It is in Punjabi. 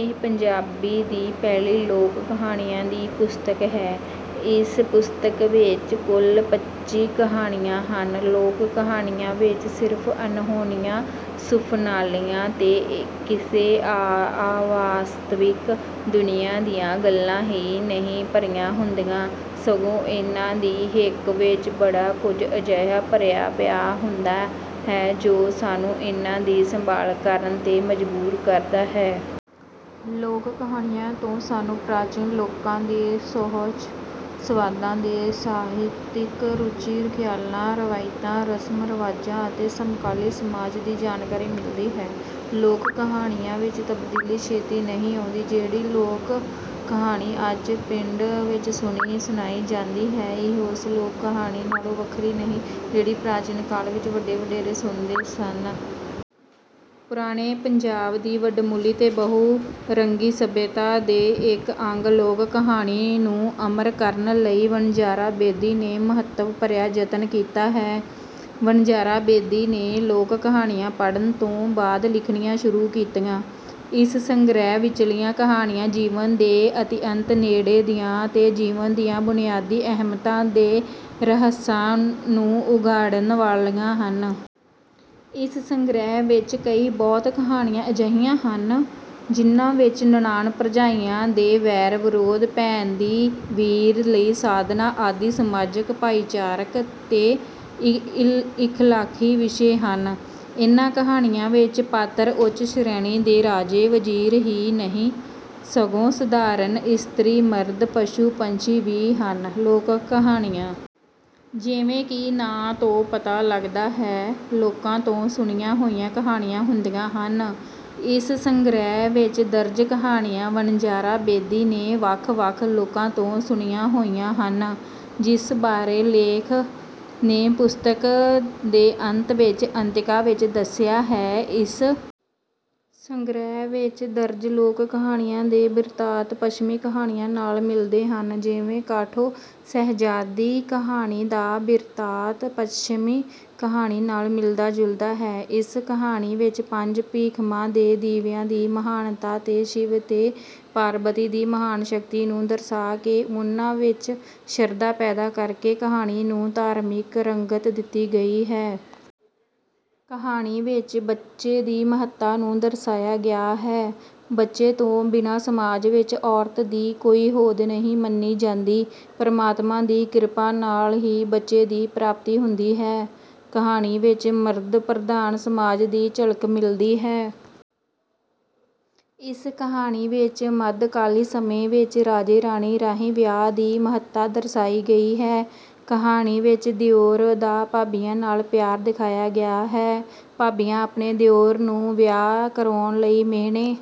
ਇਹ ਪੰਜਾਬੀ ਦੀ ਪਹਿਲੀ ਲੋਕ-ਕਹਾਣੀਆਂ ਦੀ ਪੁਸਤਕ ਹੈ। ਇਸ ਪੁਸਤਕ ਵਿੱਚ ਕੁੱਲ ਪੱਚੀ ਕਹਾਣੀਆਂ ਹਨ। ਲੋਕ-ਕਹਾਣੀਆਂ ਵਿਚ ਸਿਰਫ਼ ਅਨਹੋਣੀਆਂ, ਸੁਫ਼ਨਾਲੀਆਂ ਤੇ ਕਿਸੇ ਅਵਾਸਤਵਿਕ ਦੁਨੀਆਂ ਦੀਆਂ ਗੱਲਾਂ ਹੀ ਨਹੀਂ ਭਰੀਆਂ ਹੁੰਦੀਆਂ, ਸਗੋਂ ਇਹਨਾਂ ਦੀ ਹਿੱਕ ਵਿਚ ਬੜਾ ਕੁਝ ਅਜਿਹਾ ਭਰਿਆ ਪਿਆ ਹੁੰਦਾ ਹੈ, ਜੋ ਸਾਨੂੰ ਇਹਨਾਂ ਦੀ ਸੰਭਾਲ ਕਰਨ ਤੇ ਮਜ਼ਬੂਰ ਕਰਦਾ ਹੈ। ਲੋਕ-ਕਹਾਣੀਆਂ ਤੋਂ ਸਾਨੂੰ ਪ੍ਰਾਚੀਨ ਲੋਕਾਂ ਦੇ ਸੁਹਜ, ਸਵਾਦਾਂ ਤੇ ਸਾਹਿਤਕ ਰੁਚੀਆਂ, ਖ਼ਿਆਲਾਂ, ਰਵਾਇਤਾਂ, ਰਸਮ-ਰਿਵਾਜਾਂ ਅਤੇ ਸਮਕਾਲੀ ਸਮਾਜ ਦੀ ਜਾਣਕਾਰੀ ਮਿਲਦੀ ਹੈ। ਲੋਕ-ਕਹਾਣੀਆਂ ਵਿਚ ਤਬਦੀਲੀ ਛੇਤੀ ਨਹੀਂ ਆਉਂਦੀ। ਜਿਹੜੀ ਲੋਕ-ਕਹਾਣੀ ਅੱਜ ਪਿੰਡ ਵਿਚ ਸੁਣੀ-ਸੁਣਾਈ ਜਾਂਦੀ ਹੈ, ਇਹ ਉਸ ਲੋਕ-ਕਹਾਣੀ ਨਾਲੋਂ ਵੱਖਰੀ ਨਹੀਂ, ਜਿਹੜੀ ਪ੍ਰਾਚੀਨ ਕਾਲ ਵਿਚ ਵੱਡੇ-ਵਡੇਰੇ ਸੁਣਦੇਂ ਸਨ। ਪੁਰਾਣੇ ਪੰਜਾਬ ਦੀ ਵਡਮੁੱਲੀ ਤੇ ਬਹੁ-ਰੰਗੀ ਸਭਿਅਤਾ ਦੇ ਇਕ ਅੰਗ ਲੋਕ-ਕਹਾਣੀ ਨੂੰ ਅਮਰ ਕਰਨ ਲਈ ਵਣਜਾਰਾ ਬੇਦੀ ਨੇ ਮਹੱਤਵ-ਭਰਿਆ ਯਤਨ ਕੀਤਾ ਹੈ। ਵਣਜਾਰਾ ਬੇਦੀ ਨੇ ਲੋਕ-ਕਹਾਣੀਆਂ ਪੜ੍ਹਨ ਤੋਂ ਬਾਅਦ ਲਿਖਣੀਆਂ ਸ਼ੁਰੂ ਕੀਤੀਆਂ। ਇਸ ਸੰਗ੍ਰਹਿ ਵਿਚਲੀਆਂ ਕਹਾਣੀਆਂ ਜੀਵਨ ਦੇ ਅਤਿਅੰਤ ਨੇੜੇ ਦੀਆਂ ਤੇ ਜੀਵਨ ਦੀਆਂ ਬੁਨਿਆਦੀ ਅਹਿਮੀਅਤਾਂ ਤੇ ਰਹੱਸਾਂ ਨੂੰ ਉਘਾੜਨ ਵਾਲੀਆਂ ਹਨ। ਇਸ ਸੰਗ੍ਰਹਿ ਵਿਚ ਕਈ ਬਹੁਤ ਕਹਾਣੀਆਂ ਅਜਿਹੀਆਂ ਹਨ, ਜਿਹਨਾਂ ਵਿਚ ਨਨਾਣ-ਭਰਜਾਈਆਂ ਦੇ ਵੈਰ-ਵਿਰੋਧ, ਭੈਣ ਦੀ ਵੀਰ ਲਈ ਸਾਧਨਾ ਆਦਿ ਸਮਾਜਕ, ਭਾਈਚਾਰਕ ਤੇ ਇਖ਼ਲਾਕੀ ਵਿਸ਼ੇ ਹਨ। ਇਹਨਾਂ ਕਹਾਣੀਆਂ ਵਿਚ ਪਾਤਰ ਉੱਚ-ਸ਼੍ਰੇਣੀ ਦੇ ਰਾਜੇ, ਵਜ਼ੀਰ ਹੀ ਨਹੀਂ, ਸਗੋਂ ਸਾਧਾਰਨ ਇਸਤਰੀ-ਮਰਦ, ਪਸ਼ੂ-ਪੰਛੀ ਵੀ ਹਨ। ਲੋਕ-ਕਹਾਣੀਆਂ, ਜਿਵੇਂ ਕਿ ਨਾਂ ਤੋਂ ਪਤਾ ਲਗਦਾ ਹੈ, ਲੋਕਾਂ ਤੋਂ ਸੁਣੀਆਂ ਹੋਈਆਂ ਕਹਾਣੀਆਂ ਹੁੰਦੀਆਂ ਹਨ। ਇਸ ਸੰਗ੍ਰਹਿ ਵਿਚ ਦਰਜ ਕਹਾਣੀਆਂ ਵਣਜਾਰਾ ਬੇਦੀ ਨੇ ਵੱਖ-ਵੱਖ ਲੋਕਾਂ ਤੋਂ ਸੁਣੀਆਂ ਹੋਈਆਂ ਹਨ, ਜਿਸ ਬਾਰੇ ਲੇਖਕ ਨੇ ਪੁਸਤਕ ਦੇ ਅੰਤ ਵਿਚ ਅੰਤਿਕਾ ਵਿਚ ਦੱਸਿਆ ਹੈ। ਇਸ ਸੰਗ੍ਰਹਿ ਵਿਚ ਦਰਜ ਲੋਕ-ਕਹਾਣੀਆਂ ਦੇ ਬਿਰਤਾਂਤ ਪੱਛਮੀ ਕਹਾਣੀਆਂ ਨਾਲ ਮਿਲਦੇ ਹਨ। ਜਿਵੇਂ ‘ਕਾਠੋ ਸ਼ਹਿਜ਼ਾਦੀ’ ਕਹਾਣੀ ਦਾ ਬਿਰਤਾਂਤ ਪੱਛਮੀ ਕਹਾਣੀ ਨਾਲ ਮਿਲਦਾ-ਜੁਲਦਾ ਹੈ। ਇਸ ਕਹਾਣੀ ਵਿਚ ਪੰਜ ਭੀਖਮਾਂ ਦੇ ਦੀਵਿਆਂ ਦੀ ਮਹਾਨਤਾ ਤੇ ਸ਼ਿਵ ਤੇ ਪਾਰਬਤੀ ਦੀ ਮਹਾਨ ਸ਼ਕਤੀ ਨੂੰ ਦਰਸਾ ਕੇ ਉਨ੍ਹਾਂ ਵਿਚ ਸ਼ਰਧਾ ਪੈਦਾ ਕਰਕੇ ਕਹਾਣੀ ਨੂੰ ਧਾਰਮਿਕ ਰੰਗਤ ਦਿੱਤੀ ਗਈ ਹੈ। ਕਹਾਣੀ ਵਿਚ ਬੱਚੇ ਦੀ ਮਹੱਤਤਾ ਨੂੰ ਦਰਸਾਇਆ ਗਿਆ ਹੈ। ਬੱਚੇ ਤੋਂ ਬਿਨਾਂ ਸਮਾਜ ਵਿਚ ਔਰਤ ਦੀ ਕੋਈ ਹੋਂਦ ਨਹੀਂ ਮੰਨੀ ਜਾਂਦੀ। ਪਰਮਾਤਮਾ ਦੀ ਕਿਰਪਾ ਨਾਲ ਹੀ ਬੱਚੇ ਦੀ ਪ੍ਰਾਪਤੀ ਹੁੰਦੀ ਹੈ। ਕਹਾਣੀ ਵਿੱਚ ਮਰਦ-ਪ੍ਰਧਾਨ ਸਮਾਜ ਦੀ ਝਲਕ ਮਿਲਦੀ ਹੈ। ਇਸ ਕਹਾਣੀ ਵਿਚ ਮੱਧਕਾਲੀ ਸਮੇਂ ਵਿਚ ਰਾਜੇ-ਰਾਣੀ ਰਾਹੀਂ ਵਿਆਹ ਦੀ ਮਹੱਤਤਾ ਦਰਸਾਈ ਗਈ ਹੈ। ਕਹਾਣੀ ਵਿਚ ਦਿਉਰ ਦਾ ਭਾਬੀਆਂ ਨਾਲ ਪਿਆਰ ਦਿਖਾਇਆ ਗਿਆ ਹੈ। ਭਾਬੀਆਂ ਆਪਣੇ ਦਿਉਰ ਨੂੰ ਵਿਆਹ ਕਰਾਉਣ ਲਈ ਮਿਹਣੇ...